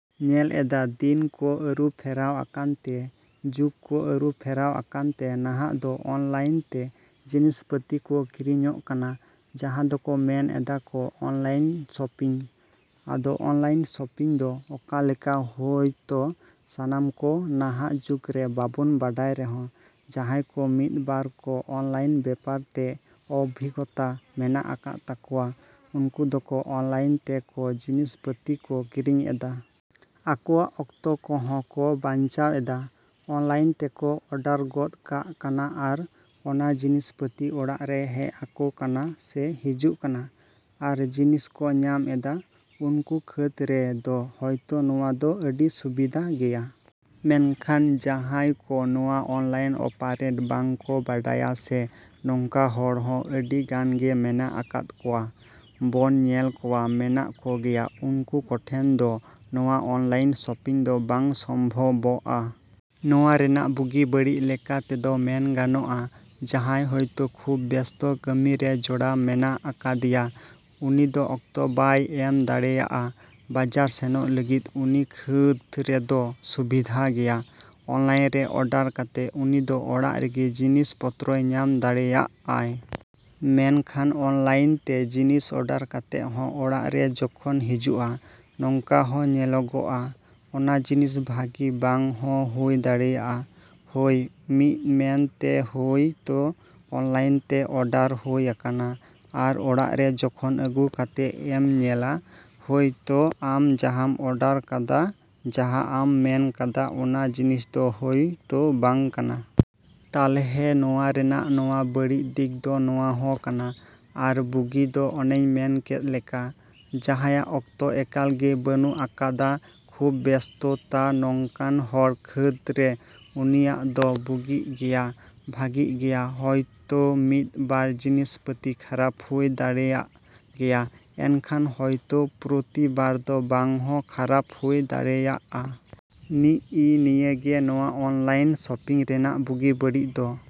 ‎ᱧᱮᱞ ᱮᱫᱟ ᱫᱤᱱ ᱠᱚ ᱟᱹᱨᱩ ᱯᱷᱮᱨᱟᱣ ᱟᱠᱟᱱ ᱛᱮ ᱡᱩᱜᱽ ᱠᱚ ᱟᱹᱨᱩ ᱯᱷᱮᱨᱟᱣ ᱟᱠᱟᱱ ᱛᱮ ᱱᱟᱦᱟᱜ ᱫᱚ ᱚᱱᱞᱟᱭᱤᱱ ᱛᱮ ᱡᱤᱱᱤᱥ ᱯᱟᱛᱤ ᱠᱚ ᱠᱤᱨᱤᱧᱚᱜ ᱠᱟᱱᱟ ᱡᱟᱦᱟᱸ ᱫᱚᱠᱚ ᱢᱮᱱ ᱮᱫᱟᱠᱚ ᱚᱱᱞᱟᱭᱤᱱ ᱥᱚᱯᱤᱝ᱾ ᱟᱫᱚ ᱚᱱᱞᱟᱭᱤᱱ ᱥᱚᱯᱤᱝ ᱫᱚ ᱚᱠᱟ ᱞᱮᱠᱟ ᱦᱳᱭ ᱛᱚ ᱥᱟᱱᱟᱢ ᱠᱚ ᱱᱟᱦᱟᱜ ᱡᱩᱜᱽ ᱨᱮ ᱵᱟᱵᱚᱱ ᱵᱟᱰᱟᱭ ᱨᱮᱦᱚᱸ ᱡᱟᱦᱟᱸᱭ ᱠᱚ ᱢᱤᱫ ᱵᱟᱨ ᱠᱚ ᱚᱱᱞᱟᱭᱤᱱ ᱵᱮᱯᱟᱨ ᱛᱮ ᱚᱵᱷᱤᱜᱽᱜᱚᱛᱟ ᱢᱮᱱᱟᱜ ᱟᱠᱟᱫ ᱛᱟᱠᱚᱣᱟ ᱩᱱᱠᱩ ᱫᱚᱠᱚ ᱚᱱᱞᱟᱭᱤᱱ ᱛᱮ ᱠᱚ ᱡᱤᱱᱤᱥ ᱯᱟᱛᱤ ᱠᱚ ᱠᱤᱨᱤᱧ ᱮᱫᱟ᱾ ᱟᱠᱚᱣᱟᱜ ᱚᱠᱛᱚ ᱠᱚᱦᱚᱸ ᱠᱚ ᱵᱟᱸᱧᱪᱟᱣ ᱮᱫᱟ᱾ ᱚᱱᱞᱟᱭᱤᱱ ᱛᱮᱠᱚ ᱚᱰᱟᱨ ᱜᱚᱫ ᱠᱟᱜ ᱠᱟᱱᱟ ᱟᱨ ᱚᱱᱟ ᱡᱤᱱᱤᱥ ᱯᱟᱛᱤ ᱚᱲᱟᱜ ᱨᱮ ᱦᱮᱡ ᱟᱠᱚ ᱠᱟᱱᱟ ᱥᱮ ᱦᱤᱡᱩᱜ ᱠᱟᱱᱟ᱾ ᱟᱨ ᱡᱤᱱᱤᱥ ᱠᱚ ᱧᱟᱢ ᱮᱫᱟ ᱩᱱᱠᱩ ᱠᱷᱟᱹᱫᱽ ᱨᱮ ᱫᱚ ᱦᱳᱭᱛᱚ ᱱᱚᱣᱟ ᱫᱚ ᱟᱹᱰᱤ ᱥᱩᱵᱤᱫᱷᱟ ᱜᱮᱭᱟ᱾ ᱢᱮᱱᱠᱷᱟᱱ ᱡᱟᱦᱟᱸᱭ ᱠᱚ ᱱᱚᱣᱟ ᱚᱱᱞᱟᱭᱤᱱ ᱚᱯᱟᱨᱮᱴ ᱵᱟᱝ ᱠᱚ ᱵᱟᱰᱟᱭᱟ ᱥᱮ ᱱᱚᱝᱠᱟᱱ ᱦᱚᱲ ᱦᱚᱸ ᱟᱹᱰᱤ ᱜᱟᱱ ᱜᱮ ᱢᱮᱱᱟᱜ ᱟᱠᱟᱫ ᱠᱚᱣᱟ᱾ ᱵᱚᱱ ᱧᱮᱞ ᱠᱚᱣᱟ ᱢᱮᱱᱟᱜ ᱠᱚᱜᱮᱭᱟ ᱩᱱᱠᱩ ᱠᱚᱴᱷᱮᱱ ᱫᱚ ᱱᱚᱣᱟ ᱚᱱᱞᱟᱭᱤᱱ ᱥᱚᱯᱤᱝ ᱫᱚ ᱵᱟᱝ ᱥᱚᱢᱵᱷᱚᱵᱚᱜᱼᱟ᱾ ᱱᱚᱣᱟ ᱨᱮᱱᱟᱜ ᱵᱩᱜᱤ ᱵᱟᱹᱲᱤᱡ ᱞᱮᱠᱟ ᱛᱮᱫᱚ ᱢᱮᱱ ᱜᱟᱱᱚᱜᱼᱟ ᱡᱟᱦᱟᱸᱭ ᱦᱳᱭᱛᱚ ᱠᱷᱩᱵ ᱵᱮᱥᱛᱚ ᱠᱟᱹᱢᱤ ᱨᱮ ᱡᱚᱲᱟᱣ ᱢᱮᱱᱟᱜ ᱟᱠᱟᱫᱮᱭᱟ ᱩᱱᱤ ᱫᱚ ᱚᱠᱛᱚ ᱵᱟᱭ ᱮᱢ ᱫᱟᱲᱮᱭᱟᱜᱼᱟ ᱵᱟᱡᱟᱨ ᱥᱮᱱᱚᱜ ᱞᱟᱹᱜᱤᱫ ᱩᱱᱤ ᱠᱷᱟᱹᱫᱽ ᱨᱮᱫᱚ ᱥᱩᱵᱤᱫᱷᱟ ᱜᱮᱭᱟ᱾ ᱚᱱᱞᱟᱭᱤᱱ ᱨᱮ ᱚᱰᱟᱨ ᱠᱟᱛᱮᱫ ᱩᱱᱤ ᱫᱚ ᱚᱲᱟᱜ ᱨᱮᱜᱮ ᱡᱤᱱᱤᱥ ᱯᱚᱛᱨᱚᱭ ᱧᱟᱢ ᱫᱟᱲᱮᱭᱟᱜᱼᱟᱭ᱾ ᱢᱮᱱ ᱠᱷᱟᱱ ᱚᱱᱞᱟᱭᱤᱱ ᱛᱮ ᱡᱤᱱᱤᱥ ᱚᱰᱟᱨ ᱠᱟᱛᱮᱫ ᱦᱚᱸ ᱚᱲᱟᱜ ᱨᱮ ᱡᱚᱠᱷᱚᱱ ᱦᱤᱡᱩᱜᱼᱟ ᱱᱚᱝᱠᱟ ᱦᱚᱸ ᱧᱮᱞᱚᱜᱚᱜᱼᱟ ᱚᱱᱟ ᱡᱤᱱᱤᱥ ᱵᱷᱟᱹᱜᱤ ᱵᱟᱝ ᱦᱚᱸ ᱦᱩᱭ ᱫᱟᱲᱮᱭᱟᱜᱼᱟ ᱦᱳᱭ ᱢᱤᱫ ᱢᱮᱱ ᱛᱮ ᱦᱳᱭ ᱛᱚ ᱚᱱᱞᱟᱭᱤᱱ ᱛᱮ ᱚᱰᱟᱨ ᱦᱩᱭ ᱟᱠᱟᱱᱟ ᱟᱨ ᱚᱲᱟᱜ ᱨᱮ ᱡᱚᱠᱷᱚᱱ ᱟᱜᱩ ᱠᱟᱛᱮᱫ ᱮᱢ ᱧᱮᱞᱟ ᱦᱳᱭ ᱛᱚ ᱟᱢ ᱡᱟᱦᱟᱸᱢ ᱚᱰᱟᱨ ᱠᱟᱫᱟ ᱡᱟᱦᱟᱸ ᱟᱢ ᱢᱮᱱ ᱠᱟᱫᱟ ᱚᱱᱟ ᱡᱤᱱᱤᱥ ᱫᱚ ᱦᱳᱭ ᱛᱚ ᱵᱟᱝ ᱠᱟᱱᱟ᱾ ᱛᱟᱞᱦᱮ ᱱᱚᱣᱟ ᱨᱮᱱᱟᱜ ᱱᱚᱣᱟ ᱵᱟᱹᱲᱤᱡ ᱫᱤᱠ ᱫᱚ ᱱᱚᱣᱟ ᱦᱚᱸ ᱠᱟᱱᱟ᱾ ᱟᱨ ᱵᱩᱜᱤ ᱫᱚ ᱚᱱᱮᱧ ᱢᱮᱱ ᱠᱮᱫ ᱞᱮᱠᱟ᱾ ᱡᱟᱦᱟᱸᱭᱟᱜ ᱚᱠᱛᱚ ᱮᱠᱟᱞ ᱜᱮ ᱵᱟᱹᱱᱩᱜ ᱟᱠᱟᱫᱟ ᱠᱷᱩᱵ ᱵᱮᱥᱛᱚ ᱛᱟ ᱱᱚᱝᱠᱟᱱ ᱦᱚᱲ ᱠᱷᱟᱹᱫᱽ ᱨᱮ ᱩᱱᱤᱭᱟᱜ ᱫᱚ ᱵᱩᱜᱤᱜ ᱜᱮᱭᱟ ᱵᱷᱟᱹᱜᱤ ᱜᱮᱭᱟ ᱦᱳᱭ ᱛᱚ ᱢᱤᱫ ᱵᱟᱨ ᱡᱤᱱᱤᱥ ᱯᱟᱛᱤ ᱠᱷᱟᱨᱟᱯ ᱦᱩᱭ ᱫᱟᱲᱮᱭᱟᱜ ᱜᱮᱭᱟ ᱮᱱᱠᱷᱟᱱ ᱦᱳᱭᱛᱚ ᱯᱨᱚᱛᱤᱵᱟᱨ ᱫᱚ ᱵᱟᱝ ᱦᱚᱸ ᱠᱷᱟᱨᱟᱯ ᱦᱩᱭ ᱫᱟᱲᱮᱭᱟᱜᱼᱟ᱾ ᱱᱤᱜ ᱤ ᱱᱤᱭᱟᱹ ᱜᱮ ᱱᱚᱣᱟ ᱚᱱᱞᱟᱭᱤᱱ ᱥᱚᱯᱤᱝ ᱨᱮᱱᱟᱜ ᱵᱩᱜᱤ ᱵᱟᱹᱲᱤᱡ ᱫᱚ᱾।